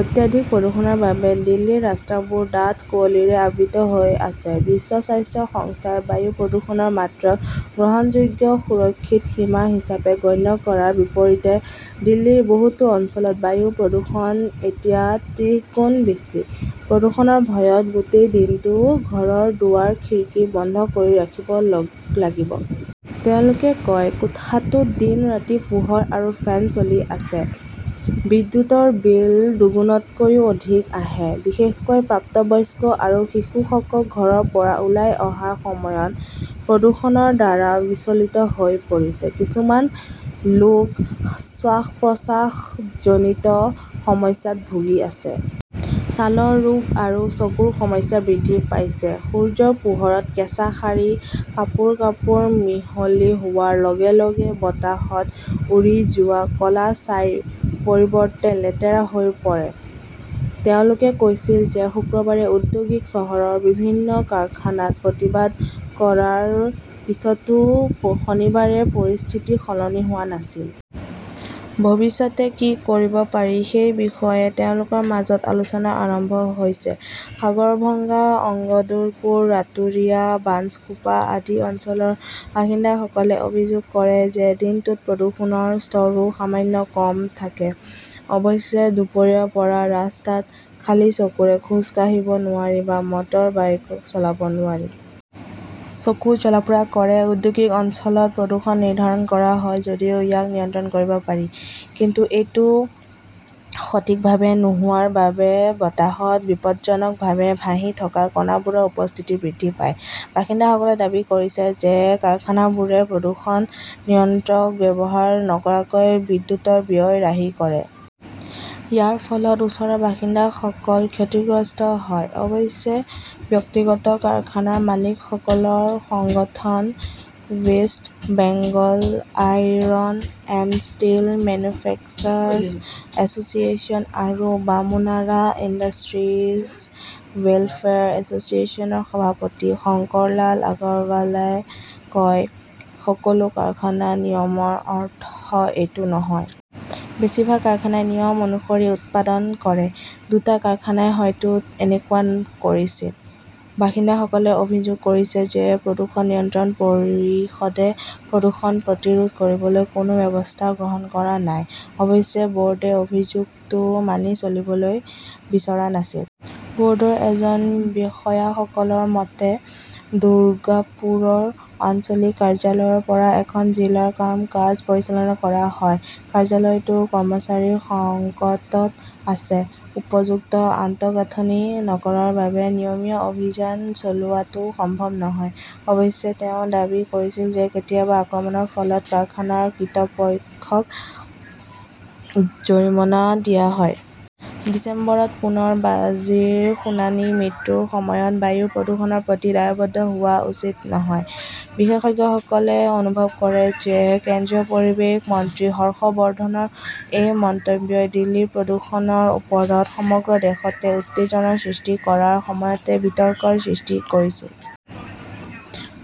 অত্যাধিক প্ৰদূষণৰ বাবে দিল্লীৰ ৰাস্তাবোৰ ডাঠ কুঁৱলীৰে আবৃত হৈ আছে। বিশ্ব স্বাস্থ্য সংস্থাৰ বায়ু প্ৰদূষণৰ মাত্ৰাক গ্ৰহণযোগ্য সুৰক্ষিত সীমা হিচাপে গণ্য কৰাৰ বিপৰীতে দিল্লীৰ বহুতো অঞ্চলত বায়ু প্ৰদূষণ এতিয়া ত্ৰিশগুণ বেছি। প্ৰদূষণৰ ভয়ত গোটেই দিনটো ঘৰৰ দুৱাৰ-খিৰিকী বন্ধ কৰি ৰাখিব ল লাগিব। তেওঁলোকে কয়, কোঠাটোত দিন-ৰাতি পোহৰ আৰু ফেন চলি আছে। বিদ্যুৎৰ বিল দুগুণতকৈও অধিক আহে। বিশেষকৈ প্ৰাপ্তবয়স্ক আৰু শিশুসকল ঘৰৰ পৰা ওলাই অহাৰ সময়ত প্ৰদূষণৰ দ্বাৰা বিচলিত হৈ পৰিছে। কিছুমান লোক শ্বাস-প্ৰশ্বাসজনিত সমস্যাত ভুগি আছে। ছালৰ ৰোগ আৰু চকুৰ সমস্যা বৃদ্ধি পাইছে। সূৰ্যৰ পোহৰত কেঁচা শাৰী, কাপোৰ-কাপোৰ মিহলি হোৱাৰ লগে-লগে বতাহত উৰি যোৱা ক'লা ছাইৰ পৰিৱৰ্তে লেতেৰা হৈ পৰে। তেওঁলোকে কৈছিল যে শুক্ৰবাৰে ঔদ্যোগিক চহৰৰ বিভিন্ন কাৰখানাত প্ৰতিবাদ কৰাৰ পিছতো শনিবাৰে পৰিস্থিতি সলনি হোৱা নাছিল। ভৱিষ্যতে কি কৰিব পাৰি সেই বিষয়ে তেওঁলোকৰ মাজত আলোচনা আৰম্ভ হৈছে। সাগৰভঙ্গা, অঙ্গদুৰপুৰ, ৰাতুৰিয়া, বাঞ্চকোপা আদি অঞ্চলৰ বাসিন্দাসকলে অভিযোগ কৰে যে দিনটোত প্ৰদূষণৰ স্তৰও সামান্য কম থাকে। অৱশ্যে, দুপৰীয়াৰ পৰা ৰাস্তাত খালী চকুৰে খোজ কাঢ়িব নোৱাৰি বা মটৰবাইক চলাব নোৱাৰি। চকু জ্বলা-পোৰা কৰে। ঔদ্যোগিক অঞ্চলত প্ৰদূষণ নিৰ্ধাৰণ কৰা হয় যদিও ইয়াক নিয়ন্ত্ৰণ কৰিব পাৰি। কিন্তু এইটো সঠিকভাৱে নোহোৱাৰ বাবে বতাহত বিপদজনকভাৱে ভাহি থকা কণাবোৰৰ উপস্থিতি বৃদ্ধি পায়। বাসিন্দাসকলে দাবী কৰিছে যে কাৰখানাবোৰে প্ৰদূষণ নিয়ন্ত্ৰক ব্যৱহাৰ নকৰাকৈ বিদ্যুৎৰ ব্যয় ৰাহি কৰে। ইয়াৰ ফলত ওচৰৰ বাসিন্দাসকল ক্ষতিগ্ৰস্ত হয়। অৱশ্যে, ব্যক্তিগত কাৰখানাৰ মালিকসকলৰ সংগঠন west Bengal iron and steel manufacturers S চিয়েশ্যন আৰু বামুনাৰা ইণ্ডাষ্ট্ৰীজ ৱেলফেয়াৰ এছ চিয়েশ্যনৰ সভাপতি শংকৰলাল আগৰৱালে কয়, সকলো কাৰখানাৰ নিয়মৰ অৰ্থ এইটো নহয়। বেছিভাগ কাৰখানাই নিয়ম অনুসৰি উৎপাদন কৰে। দুটা কাৰখানাই হয়তো এনেকুৱা কৰিছিল। বাসিন্দাসকলে অভিযোগ কৰিছে যে প্ৰদূষণ নিয়ন্ত্ৰণ পৰিষদে প্ৰদূষণ প্ৰতিৰোধ কৰিবলৈ কোনো ব্যৱস্থা গ্ৰহণ কৰা নাই। অৱশ্যে বৰ্ডে অভিযোগটো মানি চলিবলৈ বিচৰা নাছিল। বৰ্ডৰ এজন বিষয়াসকলৰ মতে, দুৰ্গাপুৰৰ আঞ্চলিক কাৰ্যালয়ৰ পৰা খন জিলাৰ কাম-কাজ পৰিচালনা কৰা হয়। কাৰ্যালয়টো কৰ্মচাৰীৰ সংকটত আছে। উপযুক্ত আন্তঃগাঁথনি নথকাৰ বাবে নিয়মীয়া অভিযান চলোৱাটো সম্ভৱ নহয়। অৱশ্যে, তেওঁ দাবী কৰিছিল যে কেতিয়াবা আক্ৰমণৰ ফলত কাৰখানাৰ কৰ্তৃপক্ষক জৰিমনা দিয়া হয়। ডিচেম্বৰত পুনৰ বাজিৰ শুনানি মৃত্যুৰ সময়ত বায়ু প্ৰদূষণৰ প্ৰতি দায়বদ্ধ হোৱা উচিত নহয়। বিশেষজ্ঞসকলে অনুভৱ কৰে যে কেন্দ্ৰীয় পৰিৱেশ মন্ত্ৰী হৰ্ষ বৰ্ধনৰ এই মন্তব্যই দিল্লীৰ প্ৰদূষণৰ ওপৰত সমগ্ৰ দেশতে উত্তেজনাৰ সৃষ্টি কৰাৰ সময়তে বিতৰ্কৰ সৃষ্টি কৰিছিল।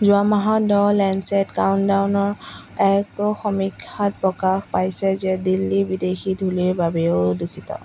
।যোৱা মাহত দ্য লেঞ্চেট কাউণ্টডাউনৰ এক সমীক্ষাত প্ৰকাশ পাইছে যে দিল্লী বিদেশী ধূলিৰ বাবেও দূষিত।